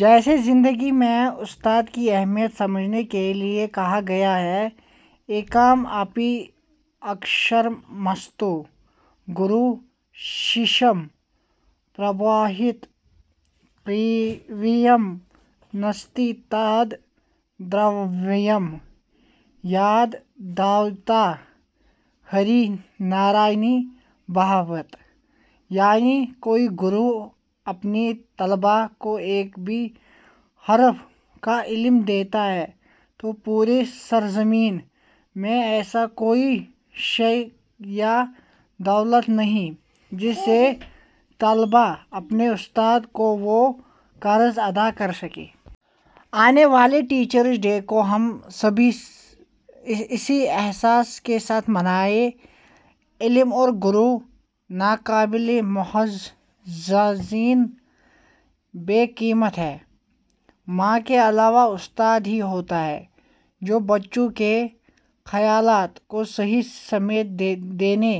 جیسے زندگی میں استاد کی اہمیت سمجھانے کے لیے کہا گیا ہے – ایکم پی اکشرمستو، گرو ششیام پربودھت۔ پرتویام ناستی تد-درویم، ید-دتّوا ہریہ نرنی بھوت۔ یعنی کوئی گرو اپنے طلباء کو ایک بھی حرف کا علم دیتا ہے تو پوری سرزمین میں ایسی کوئی شے یا دولت نہیں، جس سے طلباء اپنے استاد کا وہ قرض ادا کر سکیں۔ آنے والے ٹیچرس ڈے کو ہم سبھی اسی احساس کے ساتھ منائیں۔ علم اور گرو ناقابل موازنہ ہیں۔ بیش قیمت ہیں۔ ماں کے علاوہ استاد ہی ہوتے ہیں، جو بچوں کے خیالات کو صحیح سمت دینے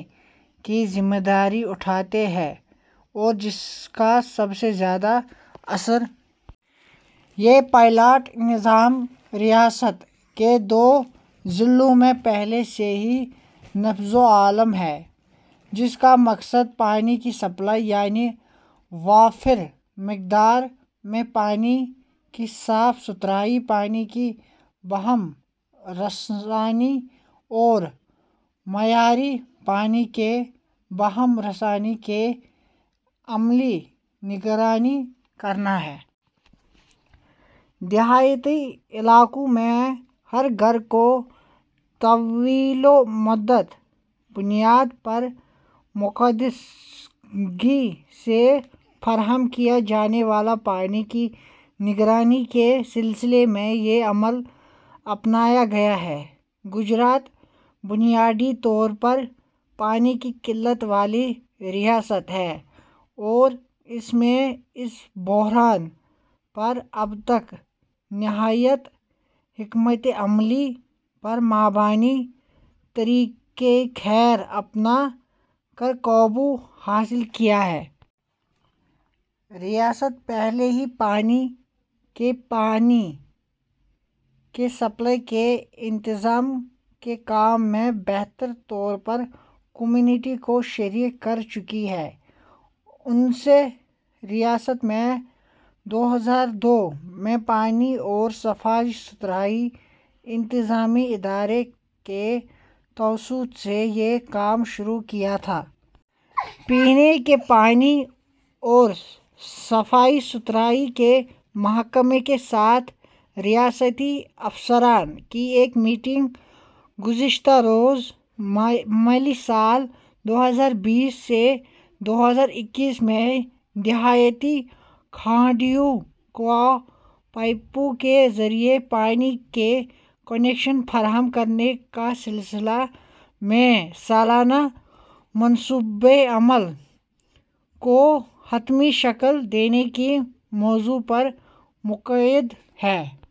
کی ذمہ داری اٹھاتے ہیں اور جس کا سب سے زیادہ اثر۔ یہ پائلٹ نظام ریاست کے دو اضلاع میں پہلے سے ہی نافذ العمل ہے، جس کا مقصد پانی کی سپلائی یعنی وافر مقدار میں پینے کے صاف ستھرے پانی کی بہم رسانی اور معیاری پانی کی بہم رسانی کی عملی نگرانی کرنا ہے۔ دیہی علاقوں میں ہر گھر کو طویل المدت بنیاد پر باقاعدگی سے فراہم کیے جانے والے پانی کی نگرانی کے سلسلے میں یہ عمل اپنایا گیا ہے۔ گجرات بنیادی طور پر پانی کی قلت والی ریاست ہے اور اس میں اس بحران پر اب تک ازحد حکمتِ عملی پر مبنی طریقہ کار اپنا کر قابو حاصل کیا ہے۔ ریاست پہلے ہی پینے کے پانی کی سپلائی کے انتظام کے کام میں بہتر طور پر کمیونٹی کو شریک کر چکی ہے اور اس ریاست نے دو ہزار دو میں پانی اور صفائی ستھرائی انتظام ادارے کے توسط سے یہ کام شروع کیا تھا۔ پینے کے پانی اور صفائی ستھرائی کے محکمے کے ساتھ ریاستی افسران کی ایک میٹنگ گزشتہ روز مالی سال دو ہزار بیس تا دو ہزار اکیس میں دیہی کنبوں کو پائپ کے ذریعے پانی کے کنکشن فراہم کرنے کے سلسلے میں سالانہ منصوبۂ عمل کو حتمی شکل دینے کے موضوع پر منعقد ہوئی۔